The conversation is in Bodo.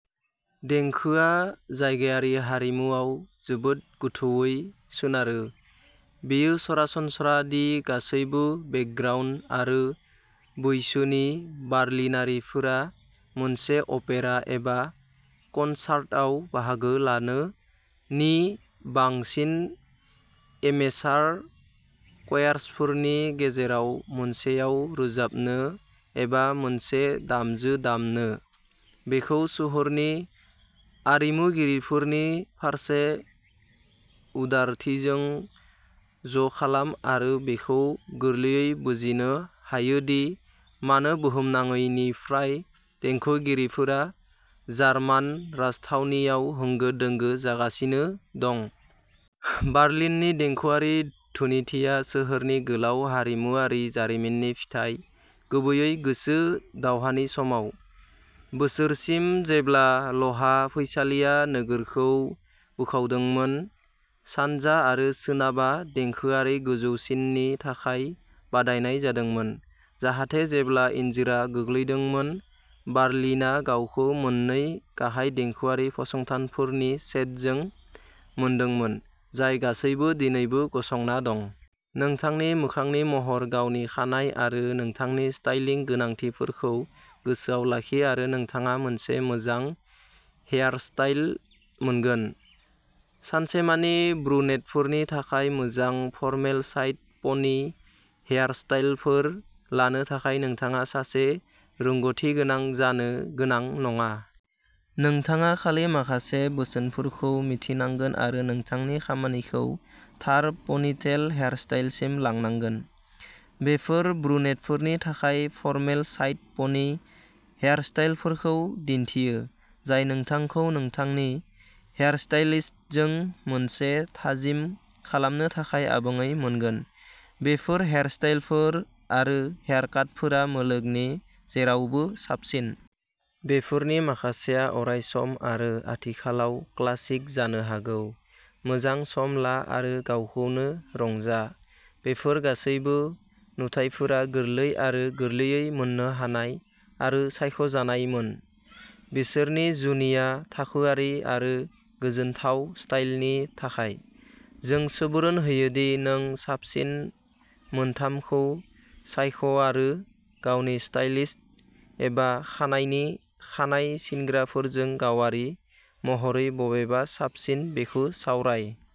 देंखोआ जायगायारि हारिमुआव जोबोद गोथौवै सोनारो। बेयो सरासनस्रा दि गासैबो बेकग्राउन्ड आरो बैसोनि बार्लिनारिफोरा मोनसे अपेरा एबा कनसार्टआव बाहागो लानो, नि बांसिन एमेचार क'यार्सफोरनि गेजेराव मोनसेयाव रोजाबनो, एबा मोनसे दामजु दामनो। बेखौ सोहोरनि आरिमुगिरिफोरनि फारसे उदारथिजों ज'खालाम आरो बेखौ गोरलैयै बुजिनो हायो दि मानो बुहुमनाङैनिफ्राय देंखोगिरिफोरा जार्मान राजथावनिआव होंगो-दोंगो जागासिनो दं। बार्लिन्नि देंखोआरि धोनिथिया सोहोरनि गोलाव हारिमुआरि जारिमिननि फिथाय, गुबैयै गुसु दावहानि समावः बोसोरसिम जेब्ला लहा फैसालिआ नोगोरखौ बोखावदोंमोन, सानजा आरो सोनाबआ देंखोआरि गोजौसिननि थाखाय बादायनाय जादोंमोन, जाहाथे जेब्ला इनजुरआ गोग्लैदोंमोन, बार्लिना गावखौ मोननै गाहाय देंखोआरि फसंथानफोरनि सेटजों मोनदोंमोन, जाय गासैबो दिनैबो गसंना दं। नोंथांनि मोखांनि महर, गावनि खानाय, आरो नोंथांनि स्टाइलिं गोनांथिफोरखौ गोसोआव लाखि आरो नोंथाङा मोनसे मोजां हेयारस्टाइल मोनगोन। सानसेमानि ब्रुनेटफोरनि थाखाय मोजां फरमेल साइड पनि हेयारस्टाइलफोर लानो थाखाय नोंथाङा सासे रोंग'थिगोनां जानो गोनां नङा। नोंथाङा खालि माखासे बोसोनफोरखौ मिथिनांगोन आरो नोंथांनि खामानिखौ थार पनिटेल हेयारस्टाइलसिम लांनांगोन। बेफोर ब्रुनेटफोरनि थाखाय फरमेल साइड पनि हेयारस्टाइलफोरखौ दिन्थियो, जाय नोंथांखौ नोंथांनि हेयारस्टाइलिस्टजों मोनसे थाजिम खालामनो थाखाय आबुङै मोनगोन। बेफोर हेयारस्टाइलफोर आरो हेयारकाटफोरा मुलुगनि जेरावबो साबसिन। बेफोरनि माखासेआ अरायसम आरो आथिखालाव क्लासिक जानो हागौ। मोजां सम ला आरो गावखौनो रंजा, बेफोर गासैबो नुथाइफोरा गोरलै आरो गोरलैयै मोननो हानाय आरो सायख'जानायमोन। बिसोरनि जुनिया थाखोआरि आरो गोजोनथाव स्टाइलनि थाखाय। जों सुबुरुन होयो दि नों साबसिन मोनथामखौ सायख'आरो गावनि स्टाइलिस्ट एबा खानाइनि खानाय सिनग्राफोरजों गावारि महरै बबेआ साबसिन बेखौ सावराय।